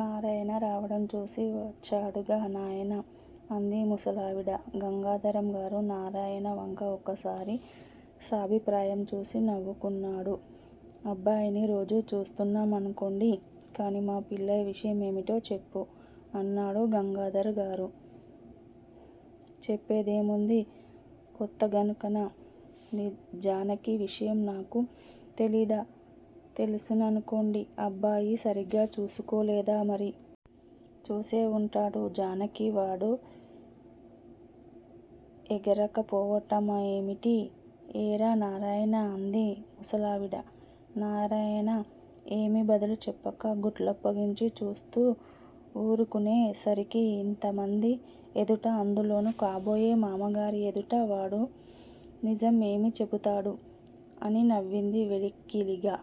నారాయణ రావటంచూసి వచ్చాడుగా నాయనా అంది ముసలావిడ. గంగాధరంగారు నారాయణ వంక ఒకసారి సాభిప్రాయం చూసి నవ్వుకున్నాడు. అబ్బాయిని రోజూ చూస్తున్నామనుకోండి. కానీ మా పిల్ల విషయమేమిటి చెప్పు? అన్నాడు గంగాధరంగారు. చెప్పేదేముంది, కొత్తగనుకనా? జానకి విషయం నాకు తెలీదా తెలుసుననుకోండి. అబ్బాయి సరిగ్గా చూచుకోలేదా మరి? చూసేవుంటాడు, జానకిని వాడు ఎరగకపోవటమేమిటి? ఏరా నారాయణా? అంది ముసలావిడ. నారాయణ ఏమీ బదులు చెప్పక గుడ్లప్పగించి చూస్తూ వూరుకునే సరికి ఇంతమంది ఎదుట అందులోనూ కాబోయే మామగారి ఎదుట వాడు నిజం ఏమి చెబుతాడు? అని నవ్వింది వెకిలిగా.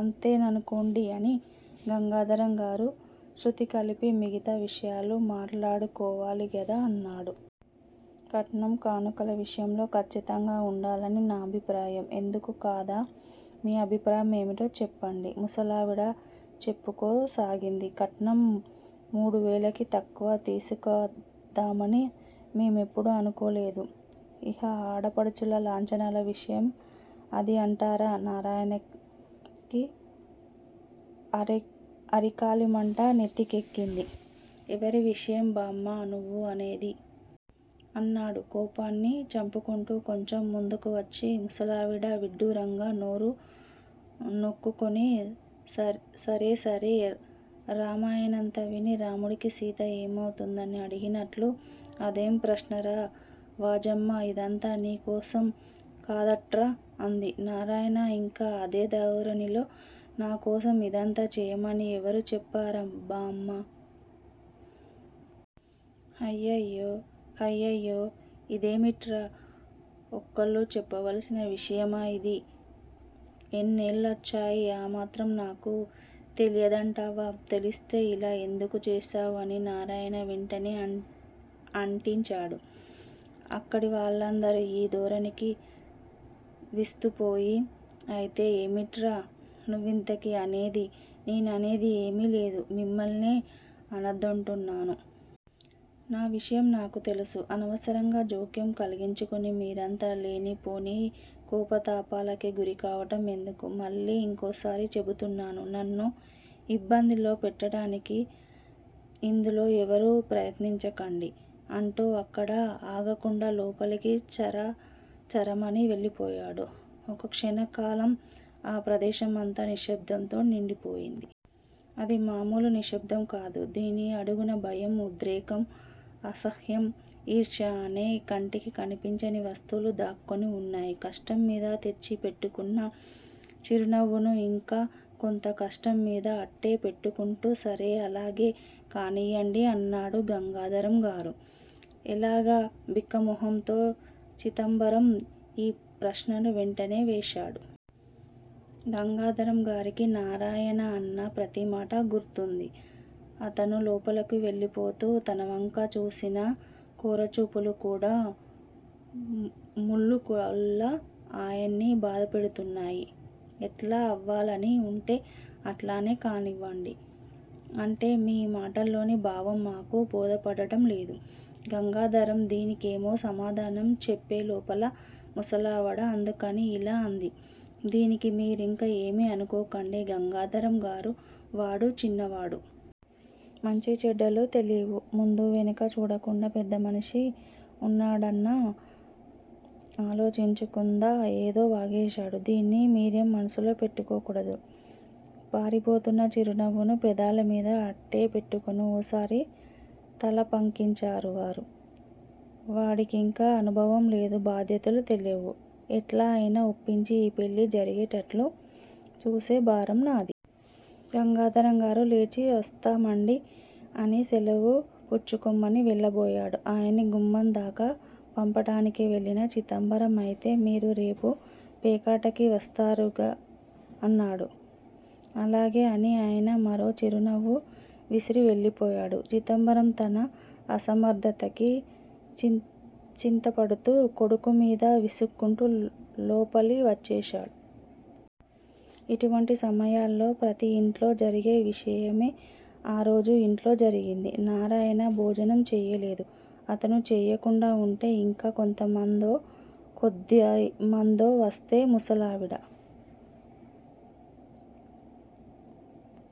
అంతే ననుకోండి అని గంగాధరంగారు శ్రుతికలిపి మిగతా విషయాలు మాట్లాడుకోవాలిగదా అన్నాడు. కట్నం కానుకల విషయంలో ఖచ్చితంగా వుండాలని నా అభిప్రాయం. ఎందుకు కాదూ! మీ అభిప్రాయం ఏమిటో చెప్పండి? ముసలావిడ చెప్పుకుపోసాగింది కట్నం మూడువేలకి తక్కువ తీసుకుందామని మేమెప్పుడూ అనుకోలేదు. ఇహ ఆడపడుచుల లాంఛనాల విషయం అదీ అంటారా? నారాయణకి అరికాలిమంట నెత్తికెక్కింది, ఎవరి విషయం బామ్మా నువ్వు అనేది? అన్నాడు కోపాన్ని చంపుకొంటూ కొంచెం ముందుకువచ్చి. ముసలావిడ విడ్డూరంగా నోరు నొక్కుకుని సరేసరి, రామాయణమంతా విని రాముడికి సీత ఏమవుతుందని అడిగినట్లు అదేం ప్రశ్నరా వాజమ్మా! ఇదంతా నీకోసం కదాట్రా? అంది. నారాయణ ఇంకా అదే ధోరణిలో నాకోసం ఇదంతా చేయమని ఎవరు చెప్పారు బామ్మా? హయ్యొ, హయ్యొ! అదేమిట్రా! ఒకళ్ళు చెప్పవలసిన విషయమా ఇది! ఇన్నేళ్ళొచ్చాయి, ఆ మాత్రం నాకు తెలియదంటావా? తెలిస్తే ఇలా ఎందుకు చేశావు అని నారాయణ వెంటనే అంటించాడు. అక్కడి వాళ్ళందరూ ఈ ధోరణికి విస్తుపోయి, అయితే ఏమిట్రా నువ్వింతకీ అనేది? నేననేది ఏమీ లేదు. మిమ్మల్నే అనొద్దంటున్నాను. నా విషయం నాకు తెలుసు. అనవసరంగా జోక్యం కలిగించుకొని మీరంతా లేనిపోని కోపతాపాలకి గురికావటం ఎందుకు? మళ్ళీ ఇంకోసారి చెబుతున్నాను. నన్ను యిబ్బందిలో పెట్టటానికి యిందులో ఎవరూ ప్రయత్నించకండి అంటూ అక్కడ ఆగకుండా లోపలి చర చరమని వెళ్ళిపోయాడు. ఒక క్షణకాలం ఆ ప్రదేశమంతా నిశ్శబ్దంతో నిండిపోయింది. అదీ మామూలు నిశ్శబ్దం కాదు. దీని అడుగున భయం, ఉద్రేకం, అసహ్యం, యీర్ష్య అనే కంటికి కనిపించని వస్తువులు దాక్కుని వున్నాయి. కష్టంమీద తెచ్చిపెట్టుకున్న చిరునవ్వును ఇంకా కొంత కష్టంమీదు అట్టే పెట్టుకుంటూ సరే అలాగే కానియ్యండి అన్నాడు గంగాధరంగారు. ఎలాగ? బిక్క మొహంతో చిదంబరం యీ ప్రశ్నను వెంటనే వేశాడు. గంగాధరంగారికి నారాయణ అన్న ప్రతిమాటా గుర్తువుంది. అతను లోపలకు వెళ్ళిపోతూ తనవంక చూసిన కోరచూపులు కూడా ములుకుల్లా ఆయన్ని బాధపెడుతున్నాయి. ఎట్లా అవ్వాలని వుంటే అట్లానే కానివ్వండి. అంటే మీ మాటల్లోని భావం నాకు బోధపడటం లేదు. గంగాధరం దీనికేమో సమాధానం చెప్పేలోపలే ముసలావిడ అందుకుని యిలా అంది: దీనికి మీరింకా ఏమీ అనుకోకండి గంగాధరంగారు, వాడు చిన్నవాడు. మంచి చెడ్డలు తెలీవు. ముందూ వెనకా చూడకుండా పెద్దమనిషి వున్నాడనన్నా ఆలోచించకుందా ఏదో వాగేశాడు. దీన్ని మీరేం మనసులో పెట్టుకోకూడదు. పారిపోబోతున్న చిరునవ్వును పెదాలమీద అట్టేపెట్టుకుని ఒకసారి తలపంకించారు వారు. వాడికింకా అనుభవంలేదు. బాధ్యతలు తెలీవు. ఎట్లా అయినా ఒప్పించి, ఈ పెళ్ళి జరిగేటట్లు చూసే భారం నాది. గంగాధరంగారు లేచి వస్తామండి అని శెలవు పుచ్చుకొని వెళ్ళబోయాడు. ఆయన్ని గుమ్మందాకా పంపటానికి వెళ్ళిన చిదంబరం అయితే మీరు రేపు పేకాటకి వస్తారుగా అన్నాడు. అలాగే అని ఆయన మరో చిరునవ్వు విసిరి వెళ్ళిపోయాడు. చిదంబరం తన అసమర్ధతకి చింతపడుతూ, కొడుకుమీద విసుక్కుంటూ లోపలి వచ్చేశాడు. ఇటువంటి సమయాల్లో ప్రతి యింట్లో జరిగే విషయమే ఆరోజు ఇంట్లో జరిగింది. నారాయణ భోజనం చేయలేదు. అతను చేయకుండా వుంటే ఇంకా కొంతమందో, కొద్దిమందో వస్తే ముసలావిడ